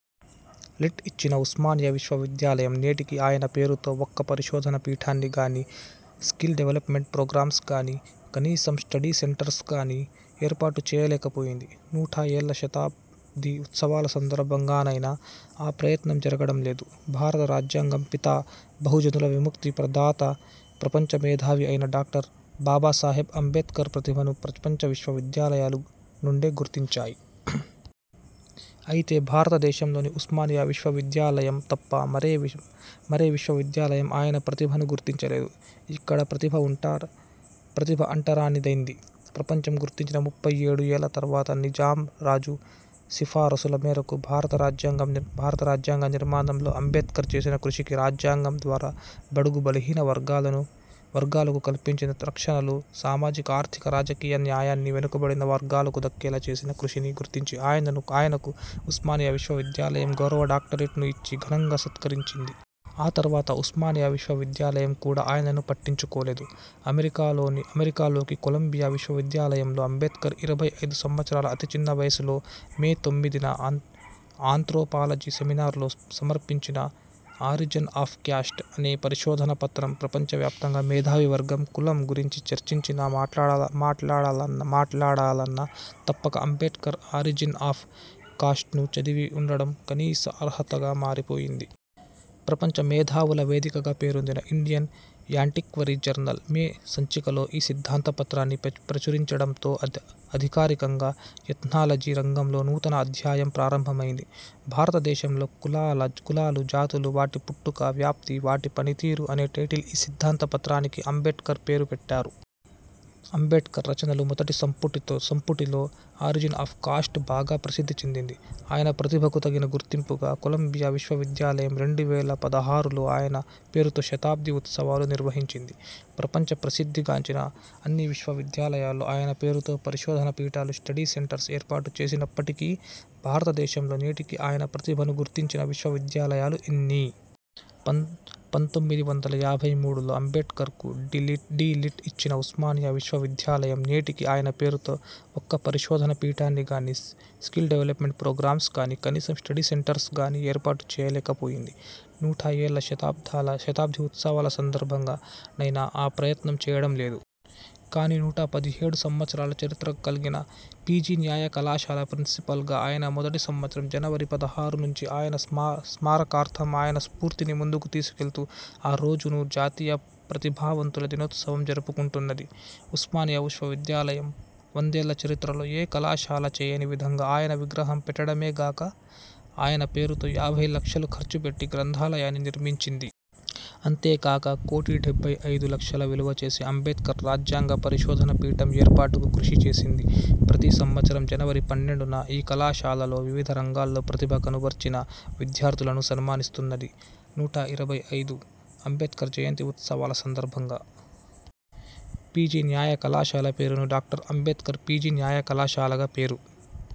Lit ఇచ్చిన ఉస్మానియా విశ్వ విద్యాలయం నేటికీ ఆయన పేరుతో ఒక్క పరిశోధన పీఠాన్ని గానీ, స్కిల్ డెవలప్మెంట్ ప్రోగ్రామ్స్ గానీ కనీసం స్టడీ సెంటర్స్ను గానీ ఏర్పాటు చేయలేక పోయింది. నూట ఏళ్ళ శతాబ్ధి ఉత్సవాల సందర్భంగానైనా ఆ ప్రయత్నం జరగడం లేదు. భారత రాజ్యాంగ పిత, బహుజనుల విముక్తి ప్రదాత ప్రపంచ మేధావి అయిన డాక్టర్ బాబాసాహెబ్ అంబేద్కర్ ప్రతిభను ప్రపంచ విశ్వ విద్యాలయాలు నుండే గుర్తించాయి. అయితే భారత దేశంలోని ఉస్మానియా విశ్వవిద్యాలయం తప్ప మరే విశ్వ విద్యాలయం ఆయన ప్రతిభను గుర్తించలేదు. ఇక్కడ ప్రతిభ అంటరాని అంటరాని దైంది. ప్రపంచం గుర్తించిన ముప్పై ఏడు ఏళ్ళ తర్వాత నిజాం రాజు సిఫారసుల మేరకు భారత రాజ్యాంగ నిర్మాణంలో అంబేద్కర్ చేసిన కృషికి, రాజ్యాంగం ద్వారా బడుగు బలహీన వర్గాలకు కల్పించిన రక్షణలు సామాజిక, ఆర్థిక, రాజకీయ న్యాయాన్ని వెనుకబడిన వర్గాలకు దక్కేలా చేసిన కృషిని గుర్తించి ఆయనకు ఉస్మానియా విశ్వ విద్యాలయం గౌరవ డాక్టరేట్ను ఇచ్చి ఘనంగా సత్కరించింది. ఆ తర్వాత ఉస్మానియా విశ్వ విద్యాలయం కూడా ఆయనను పట్టించుకోలేదు. అమెరికాలోకి కొలంబియా విశ్వ విద్యాలయంలో అంబేడ్కర్ ఇరవై ఐదు సంవత్సరాల అతి చిన్న వయసులో మే తొమ్మిదిన ఆంత్రోపాలజీ సెమినార్లో సమర్పించిన 'ఆరిజన్ ఆఫ్ క్యాస్ట్' అనే పరిశోధన పత్రం ప్రపంచ వ్యాప్తంగా మేధావి వర్గం కులం గురించి చర్చించినా మాట్లాడాల మాట్లాడాలన్నా తప్పక అంబేడ్కర్ ఆరిజిన్ ఆఫ్ కాస్ట్ను చదివి ఉండడం కనీస అర్హతగా మారిపోయింది. ప్రపంచ మేధావుల వేదికగా పేరొందిన 'ఇండియన్ యాంటిక్వరీ జర్నల్' మే సంచికలో ఈ సిద్ధాంత పత్రాన్ని ప్రచురించడంతో అధికారికంగా ''ఎథ్నాలజీ'' రంగంలో నూతన అధ్యాయం ప్రారంభం అయింది. భారతదేశంలో కులాలు, జాతులు, వాటి పుట్టుక, వ్యాప్తి, వాటి పనితీరు, అనే టైటిల్ ఈ సిద్ధాంత పత్రానికి అంబేడ్కర్ పేరు పెట్టారు. అంబేద్కర్ రచనలు మొదటి సంపుటితో సంపుటిలో 'ఆరిజిన్ ఆఫ్ కాస్ట్' బాగా ప్రసిద్ధి చెందింది. ఆయన ప్రతిభకు తగిన గుర్తింపుగా కొలంబియా విశ్వ విద్యాలయం రెండు వేల పదహారులో ఆయన పేరుతో శతాబ్ధి ఉత్సవాలు నిర్వహించింది. ప్రపంచ ప్రసిద్ధి గాంచిన అన్ని విశ్వ విద్యాలయాల్లో ఆయన పేరుతో పరిశోధన పీఠాలు, స్టడీ సెంటర్స్ ఏర్పాటు చేసినప్పటికీ భారతదేశంలో నేటికి ఆయన ప్రతిభను గుర్తించిన విశ్వవిద్యాలయాలు ఎన్ని? పంతొమ్మిది వందల యాభై మూడులో అంబేడ్కర్కు డి. లిట్ ఇచ్చిన ఉస్మానియా విశ్వ విద్యాలయం నేటికి ఆయన పేరుతో ఒక్క పరిశోధన పీఠాన్ని గానీ, స్కిల్ డెవలప్మెంట్ ప్రోగ్రామ్స్ గానీ కనీసం స్టడీ సెంటర్స్ను గానీ ఏర్పాటు చేయలేక పోయింది. నూట ఏళ్ళ శతాబ్ధి ఉత్సవాల సందర్భంగానైనా ఆ ప్రయత్నం చేయడం లేదు. కానీ నూట పదిహేడు సంవత్సరాల చరిత్ర కల్గిన పీజీ న్యాయ కళాశాల ప్రిన్సిపల్గా అయిన మొదటి సంవత్సరం జనవరి పదహారు నుంచి ఆయన స్మారక స్మార్క్ స్మారకార్థం, ఆయన స్ఫూర్తిని ముందుకు తీసుకెళ్తూ ఆ రోజును జాతీయ ప్రతిభావంతుల దినోత్సవంగా జరుపుకుంటున్నది. ఉస్మానియా విశ్వ విద్యాలయం వందేళ్ళ చరిత్రలో ఏ కళాశాల చేయని విధంగా ఆయన విగ్రహం పెట్టడమే కాక, ఆయన పేరుతో యాభై లక్షలు ఖర్చు పెట్టి గ్రంథాలయాన్ని నిర్మించింది. అంతేకాక, కోటి డెబ్బై అయిదు లక్షల విలువ చేసే అంబేడ్కర్ రాజ్యాంగ పరిశోధన పీఠం ఏర్పాటుకు కృషి చేసింది. ప్రతి సంవత్సరం జనవరి పన్నెండున, ఈ కళాశాలలో వివిధ రంగాల్లో ప్రతిభ కనపర్చిన విద్యార్థులను సన్మానిస్తున్నది. నూట ఇరవై ఐదు అంబేడ్కర్ జయంతి ఉత్సవాల సందర్భంగా పీజీ న్యాయ కళాశాల పేరును డాక్టర్ అంబేడ్కర్ పీజీ న్యాయ కళాశాలగా పేరు